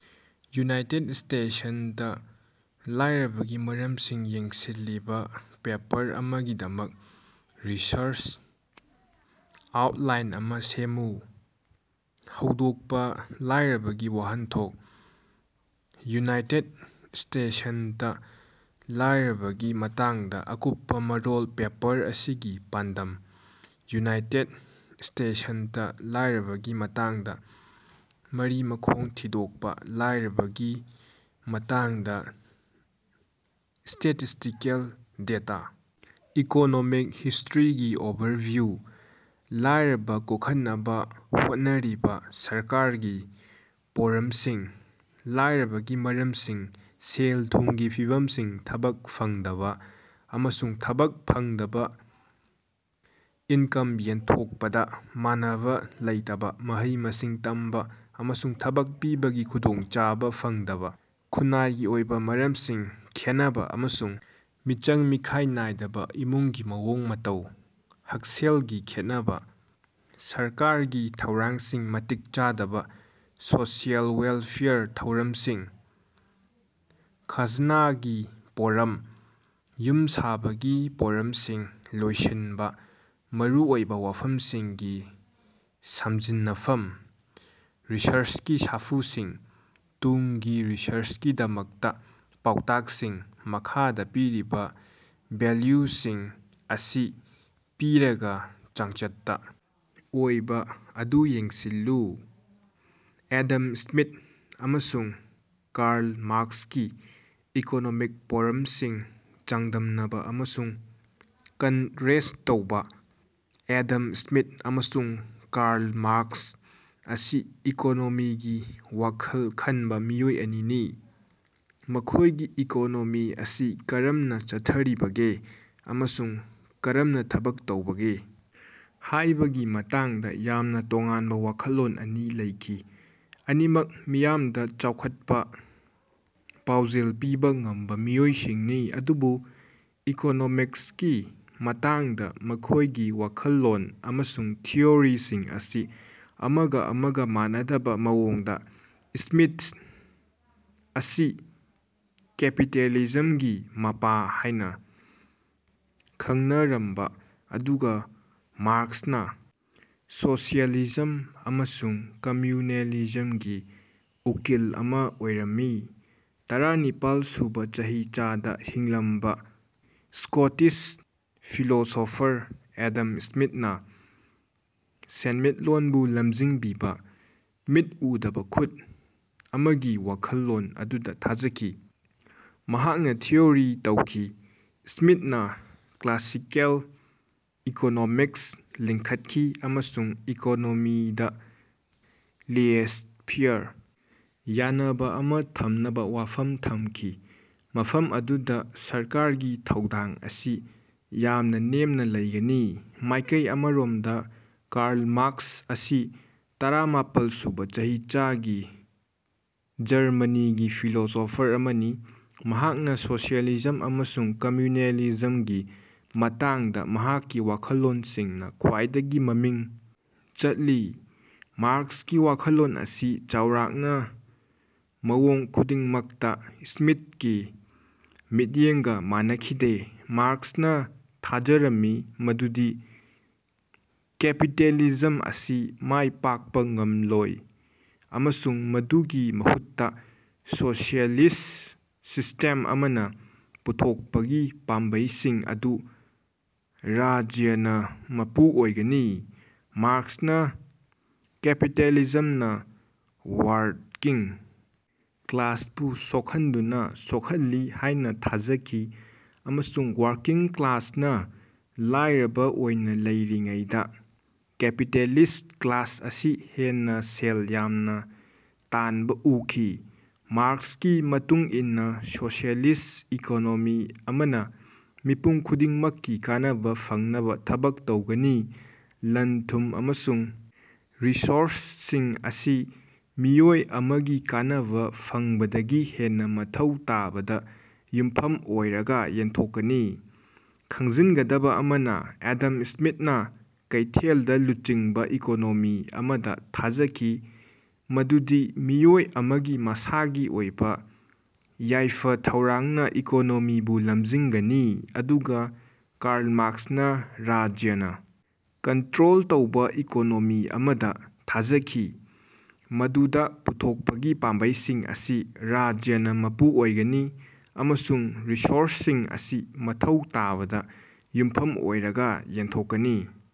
United ꯁ꯭ꯇꯦꯇꯁꯇ ꯂꯥꯏꯔꯕꯒꯤ ꯃꯔꯝꯁꯤꯡ ꯌꯦꯡꯁꯤꯜꯂꯤꯕ ꯄꯦꯄꯔ ꯑꯃꯒꯤꯗꯃꯛ ꯔꯤꯁꯔꯆ ꯑꯥꯎꯠꯂꯥꯏꯟ ꯑꯃ ꯁꯦꯝꯃꯨ꯫ ꯍꯧꯗꯣꯛꯄ ꯂꯥꯏꯔꯕꯒꯤ ꯋꯥꯍꯟꯊꯣꯛ ꯌꯨꯅꯥꯏꯇꯦꯗ ꯁ꯭ꯇꯦꯇꯁꯇ ꯂꯥꯏꯔꯕꯒꯤ ꯃꯇꯥꯡꯗ ꯑꯀꯨꯞꯄ ꯃꯔꯣꯜ ꯄꯦꯄꯔ ꯑꯁꯤꯒꯤ ꯄꯥꯟꯗꯝ ꯌꯨꯅꯥꯏꯇꯦꯗ ꯁ꯭ꯇꯦꯇꯁꯇ ꯂꯥꯏꯔꯕꯒꯤ ꯃꯇꯥꯡꯗ ꯃꯔꯤ-ꯃꯈꯣꯡ ꯊꯤꯗꯣꯛꯄ ꯂꯥꯏꯔꯕꯒꯤ ꯃꯇꯥꯡꯗ ꯁ꯭ꯇꯦꯇꯤꯁ꯭ꯇꯤꯀꯦꯜ ꯗꯦꯇꯥ ꯏꯀꯣꯅꯣꯃꯤꯛ ꯍꯤꯁ꯭ꯇꯔꯤꯒꯤ ꯑꯣꯚꯔꯚꯤꯌꯨ ꯂꯥꯏꯔꯕ ꯀꯣꯛꯍꯟꯅꯕ ꯍꯣꯠꯅꯔꯤꯕ ꯁꯔꯀꯥꯔꯒꯤ ꯄꯣꯔꯝꯁꯤꯡ ꯂꯥꯏꯔꯕꯒꯤ ꯃꯔꯝꯁꯤꯡ ꯁꯦꯜ-ꯊꯨꯝꯒꯤ ꯐꯤꯚꯝꯁꯤꯡ ꯊꯕꯛ ꯐꯪꯗꯕ ꯑꯃꯁꯨꯡ ꯊꯕꯛ ꯐꯪꯗꯕ ꯏꯟꯀꯝ ꯌꯦꯟꯊꯣꯛꯄꯗ ꯃꯥꯟꯅꯕ ꯂꯩꯇꯕ ꯃꯍꯩ-ꯃꯁꯤꯡ ꯇꯝꯕ ꯑꯃꯁꯨꯡ ꯊꯕꯛ ꯄꯤꯕꯒꯤ ꯈꯨꯗꯣꯡꯆꯥꯕ ꯐꯪꯗꯕꯥ ꯈꯨꯟꯅꯥꯏꯒꯤ ꯑꯣꯏꯕ ꯃꯔꯝꯁꯤꯡ ꯈꯦꯟꯅꯕ ꯑꯃꯁꯨꯡ ꯃꯤꯆꯪ-ꯃꯤꯈꯥꯏ ꯅꯥꯏꯗꯕ ꯏꯃꯨꯡꯒꯤ ꯃꯑꯣꯡ ꯃꯇ ꯍꯛꯁꯦꯜꯒꯤ ꯈꯦꯠꯅꯕ ꯁꯔꯀꯥꯔꯒꯤ ꯊꯧꯔꯥꯡꯁꯤꯡ ꯃꯇꯤꯛ ꯆꯥꯗꯕ ꯁꯣꯁꯤꯑꯦꯜ ꯋꯦꯜꯐꯦꯌꯔ ꯊꯧꯔꯝꯁꯤꯡ ꯈꯥꯖꯅꯥꯒꯤ ꯄꯣꯔꯝ ꯌꯨꯝꯁꯥꯕꯒꯤ ꯄꯣꯔꯝꯁꯤꯡ ꯂꯣꯏꯁꯤꯟꯕ ꯃꯔꯨꯑꯣꯏꯕ ꯋꯥꯐꯝꯁꯤꯡꯒꯤ ꯁꯝꯖꯤꯟꯅꯐ ꯔꯤꯁꯔꯆꯀꯤ ꯁꯥꯐꯨꯁꯤꯡ ꯇꯨꯡꯒꯤ ꯔꯤꯁꯔꯆꯀꯤꯗꯃꯛꯇ ꯄꯥꯎꯇꯥꯛꯁꯤꯡ꯫ ꯃꯈꯥꯗ ꯄꯤꯔꯤꯕ ꯚꯦꯜꯌꯨꯁꯤꯡ ꯑꯁꯤ ꯄꯤꯔꯒ, ꯆꯥꯡꯆꯠꯇ ꯑꯣꯏꯕ ꯑꯗꯨꯌꯦꯡꯁꯤꯜꯂꯨ꯫ ꯑꯦꯗꯝ ꯁ꯭ꯃꯤꯊ ꯑꯃꯁꯨꯡ ꯀꯥꯔꯜ ꯃꯥꯔꯛꯁꯀꯤ ꯏꯀꯣꯅꯣꯃꯤꯛ ꯄꯣꯔꯝꯁꯤꯡ ꯆꯥꯡꯗꯝꯅꯕ ꯑꯃꯁꯨꯡ ꯀꯟꯠꯔꯦꯁ꯭ꯠ ꯇꯧꯕ꯫ ꯑꯦꯗꯝ ꯁ꯭ꯃꯤꯊ ꯑꯃꯁꯨꯡ ꯀꯥꯔꯜ ꯃꯥꯔꯛꯁ ꯑꯁꯤ ꯏꯀꯣꯅꯣꯃꯤꯒꯤ ꯋꯥꯈꯜ ꯈꯟꯕ ꯃꯤꯑꯣꯏ ꯑꯅꯤꯅꯤ, ꯃꯈꯣꯏꯒꯤ ꯏꯀꯣꯅꯣꯃꯤ ꯑꯁꯤ ꯀꯔꯝꯅ ꯆꯠꯊꯔꯤꯕꯒꯦ ꯑꯃꯁꯨꯡ ꯀꯔꯝꯅ ꯊꯕꯛ ꯇꯧꯕꯒꯦ ꯍꯥꯏꯕꯒꯤ ꯃꯇꯥꯡꯗ ꯌꯥꯝꯅ ꯇꯣꯉꯥꯟꯕ ꯋꯥꯈꯜꯂꯣꯟ ꯑꯅꯤ ꯂꯩꯈꯤ꯫ ꯑꯅꯤꯃꯛ ꯃꯤꯌꯥꯝꯗ ꯆꯥꯎꯈꯠꯄ ꯄꯥꯎꯖꯦꯜ ꯄꯤꯕ ꯉꯝꯕ ꯃꯤꯑꯣꯏꯁꯤꯡꯅꯤ, ꯑꯗꯨꯕꯨ ꯏꯀꯣꯅꯣꯃꯤꯛꯁꯀꯤ ꯃꯇꯥꯡꯗ ꯃꯈꯣꯏꯒꯤ ꯋꯥꯈꯜꯂꯣꯟ ꯑꯃꯁꯨꯡ ꯊꯤꯑꯣꯔꯤꯁꯤꯡ ꯑꯁꯤ ꯑꯃꯒ-ꯑꯃꯒ ꯃꯥꯟꯅꯗꯕ ꯃꯑꯣꯡꯗ, ꯁ꯭ꯃꯤꯊ ꯑꯁꯤ ꯀꯦꯄꯤꯇꯦꯂꯤꯖꯝꯒꯤ ꯃꯄꯥ ꯍꯥꯏꯅ ꯈꯪꯅꯔꯝꯕꯥ ꯑꯗꯨꯒꯥ ꯃꯥꯔꯛꯁꯅꯥ ꯁꯣꯁꯤꯑꯦꯂꯤꯖꯝ ꯑꯃꯁꯨꯡ ꯀꯝꯝꯌꯨꯅꯤꯖꯃꯒꯤ ꯎꯀꯤꯜ ꯑꯃꯥ ꯑꯣꯏꯔꯝꯃꯤ꯫ ꯇꯔꯥꯅꯤꯄꯥꯜ ꯁꯨꯕꯥ ꯆꯍꯤꯆꯥꯗꯥ ꯍꯤꯡꯂꯝꯕꯥ ꯁ꯭ꯀꯣꯇꯤꯁ ꯐꯤꯂꯣꯁꯣꯐꯔ ꯑꯦꯗꯝ ꯁ꯭ꯃꯤꯊꯅ ꯁꯦꯟꯃꯤꯠꯂꯣꯟꯕꯨ ꯂꯝꯖꯤꯡꯕꯤꯕ "ꯃꯤꯠ ꯎꯗꯕ ꯈꯨꯠ" ꯑꯃꯒꯤ ꯋꯥꯈꯜꯂꯣꯟ ꯑꯗꯨꯗ ꯊꯥꯖꯈꯤ꯫ ꯃꯍꯥꯛꯅꯥ ꯊꯤꯑꯣꯔꯤ ꯇꯧꯈꯤ꯫ ꯁ꯭ꯃꯤꯠꯅ ꯀ꯭ꯂꯥꯁꯤꯀꯦꯜ ꯏꯀꯣꯅꯣꯃꯤꯛꯁ ꯂꯤꯡꯈꯠꯈꯤ ꯑꯃꯁꯨꯡ ꯏꯀꯣꯅꯣꯃꯤꯗ ꯂꯦꯏꯁ-ꯐꯦꯌꯔ ꯌꯥꯅꯕ ꯑꯃ ꯊꯝꯅꯕ ꯋꯥꯐꯝ ꯊꯝꯈꯤ, ꯃꯐꯝ ꯑꯗꯨꯗ ꯁꯔꯀꯥꯔꯒꯤ ꯊꯧꯗꯥꯡ ꯑꯁꯤ ꯌꯥꯝꯅ ꯅꯦꯝꯅ ꯂꯩꯒꯅꯤ꯫ ꯃꯥꯏꯀꯩ ꯑꯃꯔꯣꯝꯗ ꯀꯥꯔꯜ ꯃꯥꯔꯛꯁ ꯑꯁꯤ ꯇꯔꯥꯃꯥꯄꯜ ꯁꯨꯕ ꯆꯍꯤꯆꯥꯒꯤ ꯖꯔꯃꯅꯤꯒꯤ ꯐꯤꯂꯣꯁꯣꯐꯔ ꯑꯃꯅꯤ, ꯃꯍꯥꯛꯅ ꯁꯣꯁꯤꯑꯦꯂꯤꯖꯝ ꯑꯃꯁꯨꯡ ꯀꯝꯃ꯭ꯌꯨꯅꯤꯖꯝꯒꯤ ꯃꯇꯥꯡꯗ ꯃꯍꯥꯛꯀꯤ ꯋꯥꯈꯜꯂꯣꯟꯁꯤꯡꯅ ꯈ꯭ꯋꯥꯏꯗꯒꯤ ꯃꯃꯤꯡ ꯆꯠꯂꯤ꯫ ꯃꯥꯔꯛꯁꯀꯤ ꯋꯥꯈꯜꯂꯣꯟ ꯑꯁꯤ ꯆꯥꯎꯔꯥꯛꯅ ꯃꯑꯣꯡ ꯈꯨꯗꯤꯡꯃꯛꯇ ꯁ꯭ꯃꯤꯊꯀꯤ ꯃꯤꯠꯌꯦꯡꯒ ꯃꯥꯟꯅꯈꯤꯗꯦ꯫ ꯃꯥꯔꯛꯁꯅ ꯊꯥꯖꯔꯝꯃꯤ ꯃꯗꯨꯗꯤ ꯀꯦꯄꯤꯇꯦꯂꯤꯖꯝ ꯑꯁꯤ ꯃꯥꯏ ꯄꯥꯛꯄ ꯉꯝꯂꯣꯏ ꯑꯃꯁꯨꯡ ꯃꯗꯨꯒꯤ ꯃꯍꯨꯠꯇ ꯁꯣꯁꯤꯑꯦꯂꯤꯁ꯭ꯠ ꯁꯤꯁ꯭ꯇꯦꯝ ꯑꯃꯅ ꯄꯨꯊꯣꯛꯄꯒꯤ ꯄꯥꯝꯕꯩꯁꯤꯡ ꯑꯗꯨ ꯔꯥꯖ꯭ꯌꯅ ꯃꯄꯨ ꯑꯣꯏꯒꯅꯤ꯫ ꯃꯥꯔꯛꯁꯅ ꯀꯦꯄꯤꯇꯦꯂꯤꯖꯝꯅ ꯋꯥꯔꯀꯤꯡ ꯀ꯭ꯂꯥꯁꯄꯨ ꯁꯣꯛꯍꯟꯗꯨꯅ ꯁꯣꯛꯍꯜꯂꯤ ꯍꯥꯏꯅ ꯊꯥꯖꯈꯤ ꯑꯃꯁꯨꯡ ꯋꯥꯔꯀꯤꯡ ꯀ꯭ꯂꯥꯁꯅ ꯂꯥꯏꯔꯕ ꯑꯣꯏꯅ ꯂꯩꯔꯤꯉꯩꯗ ꯀꯦꯄꯤꯇꯦꯂꯤꯁ꯭ꯠ ꯀ꯭ꯂꯥꯁ ꯑꯁꯤ ꯍꯦꯟꯅ ꯁꯦꯜ ꯌꯥꯝꯅ ꯇꯥꯟꯕ ꯎꯈꯤ꯫ ꯃꯥꯔꯛꯁꯀꯤ ꯃꯇꯨꯡ ꯏꯟꯅ ꯁꯣꯁꯤꯑꯦꯂꯤꯁ꯭ꯠ ꯏꯀꯣꯅꯣꯃꯤ ꯑꯃꯅ ꯃꯤꯄꯨꯝ ꯈꯨꯗꯤꯡꯃꯛꯀꯤ ꯀꯥꯟꯅꯕ ꯐꯪꯅꯕ ꯊꯕꯛ ꯇꯧꯒꯅꯤ, ꯂꯟ-ꯊꯨꯝ ꯑꯃꯁꯨꯡ ꯔꯤꯁꯣꯔꯁꯁꯤꯡ ꯑꯁꯤ ꯃꯤꯑꯣꯏ ꯑꯃꯒꯤ ꯀꯥꯟꯅꯕ ꯐꯪꯕꯗꯒꯤ ꯍꯦꯟꯅ ꯃꯊꯧ ꯇꯥꯕꯗ ꯌꯨꯝꯐꯝ ꯑꯣꯏꯔꯒ ꯌꯦꯟꯊꯣꯛꯀꯅꯤ꯫ ꯈꯪꯖꯤꯟꯒꯗꯕ ꯑꯃꯅ, ꯑꯦꯗꯝ ꯁ꯭ꯃꯤꯊꯅ ꯀꯩꯊꯦꯜꯅ ꯂꯨꯆꯤꯡꯕ ꯏꯀꯣꯅꯣꯃꯤ ꯑꯃꯗ ꯊꯥꯖꯈꯤ ꯃꯗꯨꯗꯤ ꯃꯤꯑꯣꯏ ꯑꯃꯒꯤ ꯃꯁꯥꯒꯤ ꯑꯣꯏꯕ ꯌꯥꯏꯐ-ꯊꯧꯔꯥꯡꯅ ꯏꯀꯣꯅꯣꯃꯤꯕꯨ ꯂꯝꯖꯤꯡꯒꯅꯤ, ꯑꯗꯨꯒ ꯀꯥꯔꯜ ꯃꯥꯔꯛꯁꯅ ꯔꯥꯖ꯭ꯌꯅ ꯀꯟꯇ꯭ꯔꯣꯜ ꯇꯧꯕ ꯏꯀꯣꯅꯣꯃꯤ ꯑꯃꯗ ꯊꯥꯖꯈꯤ ꯃꯗꯨꯗ ꯄꯨꯊꯣꯛꯄꯒꯤ ꯄꯥꯝꯕꯩꯁꯤꯡ ꯑꯁꯤ ꯔꯥꯖ꯭ꯌꯅ ꯃꯄꯨ ꯑꯣꯏꯒꯅꯤ, ꯑꯃꯁꯨꯡ ꯔꯤꯁꯣꯔꯁꯁꯤꯡ ꯑꯁꯤ ꯃꯊꯧ ꯇꯥꯕꯗ ꯌꯨꯝꯐꯝ ꯑꯣꯏꯔꯒ ꯌꯦꯟꯊꯣꯛꯀꯅꯤ꯫